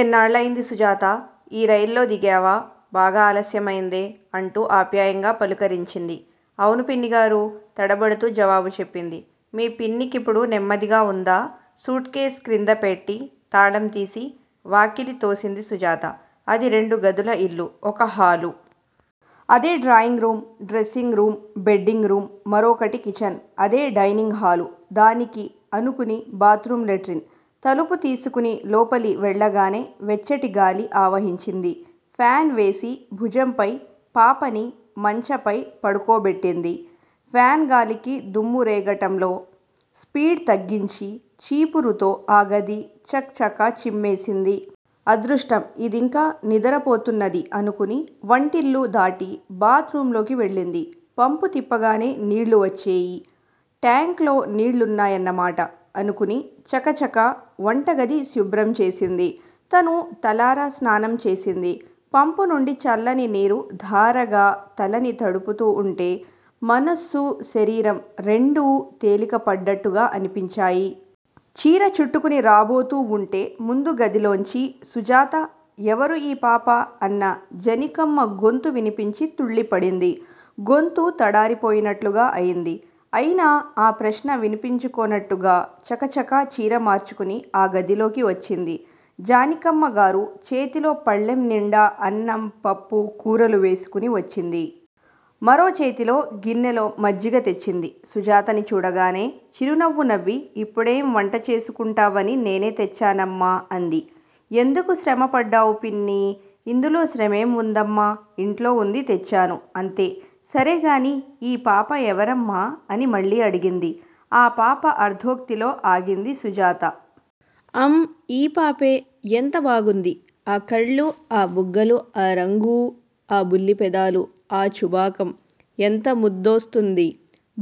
ఎన్నాళ్ళయింది సుజాతా! ఈ రైల్లో దిగేవా! బాగా ఆలస్యమైందే! అంటూ ఆప్యాయంగా పలుకరించింది. అవును పిన్నిగారూ! తడబడుతూ జవాబు చెప్పింది. మీ పిన్ని కిపుడు నెమ్మదిగా వుందా! సూట్ కేస్ క్రిందిపేట్టి తాళం తీసి, వాకిలి. తోసింది సుజాత. అది రెండుగదుల యిల్లు. ఒక హాలు. అదే drawing room, dressing room, bedding room, మరోకటి కిచన్. అదే డైనింగ్ హాలు! దానికి అనుకుని బాత్రూం లెట్రిన్. తలుపు తీసుకుని లోపలి వెళ్ళగానే వెచ్చటిగాలి ఆవహించింది. ఫ్యాన్ వేసి. భుజంపై పాపని మంచపై పడుకోబెట్టింది. ఫ్యాన్ గాలికి దుమ్ము రేగటంలో స్పీడ్ తగ్గించి, చీపురుతో ఆ గది చక్ చకా చిమ్మేసింది. అదృష్టం యిదింకా నిదరపోతున్నది! అనుకుని వంటిల్లు దాటి బాత్ రూంలోకి వెళ్ళింది. పంపు తిప్పగానే నీళ్ళు వచ్చేయి. టాంక్ లో నీళ్ళున్నాయన్నమాట! అనుకుని చకచకా వంటగది శుభ్రం చేసింది. తను తలారా స్నానం చేసింది. పంపు నుండి చల్లని నీరు ధారగా తలని తడుపుతు వుంటే మనస్సు శరీరం రెండూ తేలిక పడ్డట్టుగా అనిపించాయి. చీరచుట్టుకుని రాబోతూ వుంటే ముందు గదిలోంచి సుజాత! ఎవరు యీ పాపా? అన్న జనికమ్మ గొంతు వినిపించి తుళ్ళి పడింది. గొంతు తడారిపోయినట్లుగా అయింది. అయినా ఆ ప్రశ్న వినిపించుకొనట్టుగా చకచకా చీర మార్చుకుని ఆ గదిలోకి వచ్చింది. జానికమ్మగారు చేతిలో పళ్ళెం నిండా అన్నం, పప్పు, కూరలు వేసుకుని వచ్చింది. మరో చేతిలో గిన్నెలో మజ్జిగ తెచ్చింది సుజాతని చూడగానే చిరునవ్వు నవ్వి ఇప్పుడేం వంట చేసుకుంటావని నేనే తెచ్చానమ్మా! అంది. ఎందుకు శ్రమ పడ్డావు పిన్నీ! ఇందులో శ్రమేం వుందమ్మా! ఇంట్లో వుంది తెచ్చాను. అంతే! సరేగాని యీ పాపా ఎవరమ్మా? అనిమళ్ళీ అడిగింది. ఆ పాప అర్ధోక్తిలో ఆగింది సుజాత. అం యీపాపే! ఎంత బాగుంది? ఆ కళ్ళు ఆ బుగ్గలు ఆ రంగూ, ఆ బుల్లి పెదాలు, ఆ చుబాకం ఎంత ముద్దోస్తుంది!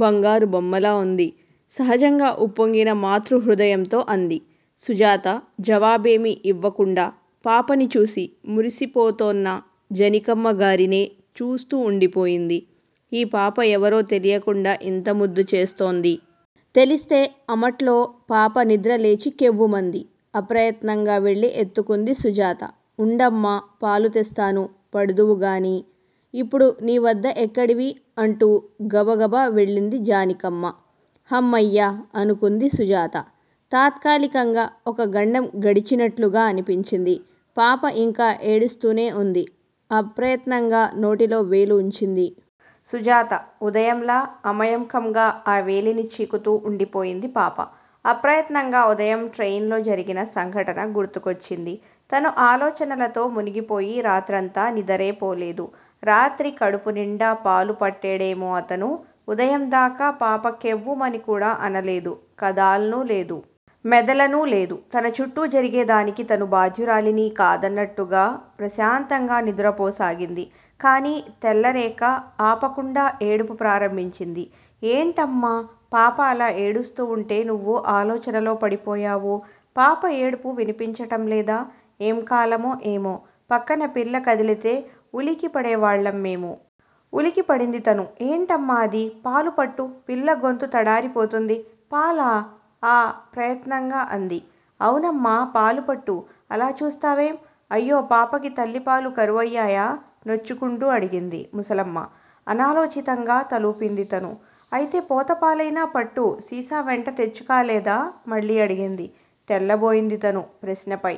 బంగారు బొమ్మలా వుంది! సహజంగా ఉప్పొంగిన మాతృహృదయంతో అంది. సుజాత జవాబేమీ యివ్వకుండా పాపని చూసి మురిసిపోతోన్న జనికమ్మగారినే చూస్తూవుండిపోయింది. ఈ పాప ఎవరో తెలియకుండాఇంత ముద్దు చేస్తోంది. తెలిస్తే అమట్లో పాప నిద్ర లేచి కెవ్వుమంది. అప్రయత్నంగా వెళ్ళిఎత్తుకుంది సుజాత. ఉండమ్మా! పాలు తెస్తాను. పడుదువుగానీ, ఇప్పుడు నీ వద్ద ఎక్కడివి? అంటూ గబగబా వెళ్ళింది జానికమ్మ. హమ్మయ్య! అనుకుంది సుజాత. తాత్కాలికంగా ఒక గండం గడిచినట్ట్లుగా అనిపించింది. పాపయింకా ఏడుస్తూనే వుంది. ఆప్రయత్నంగా నోటిలో వేలు వుంచింది. సుజాత. ఉదయం లా అమయమ్కంగా ఆ వేలిని చీకుతూ వుండిపోయింది పాప. అప్రయత్నంగా ఉదయం ట్రెయిన్ లోజరిగిన సంఘటన గుర్తుకొచ్చింది. తను ఆలోచనలతో మునిగిపోయి రాత్రంతా నిదరేపోలేదు. రాత్రి కడుపు నిండా పాలు పట్టేడేమో అతను, ఉదయం దాకా పాప కెవ్వుమని కూడా అనలేదు కదాల్నూ లేదు. మెదలనూ లేదు. తనచుట్టూ జరిగే దానికి తను బాధ్యురాలీని కాదన్నట్టుగా ప్రశాంతంగా నిదురపోసాగింది. కానీ తెల్లరేక ఆపకుండా ఏడుపు ప్రారంభించింది. ఏంటమ్మా! పాప అలా ఏడుస్తూ వుంటే నువ్వు ఆలోచనలో పడిపోయావు! పాప ఏడుపు వినిపించటం లేదా! ఎం కాలమో ఏమో! పక్కన పిల్ల కదిలితే ఉలికిపడే వాళ్ళం మేము! ఉలికి పడింది తను. ఏంటమ్మా అది. పాలు పట్టు పిల్ల గొంతు తడారి పోతుంది! పాలా! ఆ ప్రయత్నంగా అంది. అవునమ్మా పాలు పట్టు! అలా చూస్తావేం? అయ్యో పాపకి తల్లి పాలు కరువయ్యాయా! నొచ్చుకుంటూ అడిగింది ముసలమ్మ. అనాలోచితంగా తలూపింది తను. అయితే పోత పాలయినా పట్టు! సీసా వెంట తెచ్చుకాలేదా? మళ్ళీ అడిగింది. తెల్లబోయింది తను. ప్రశ్నపై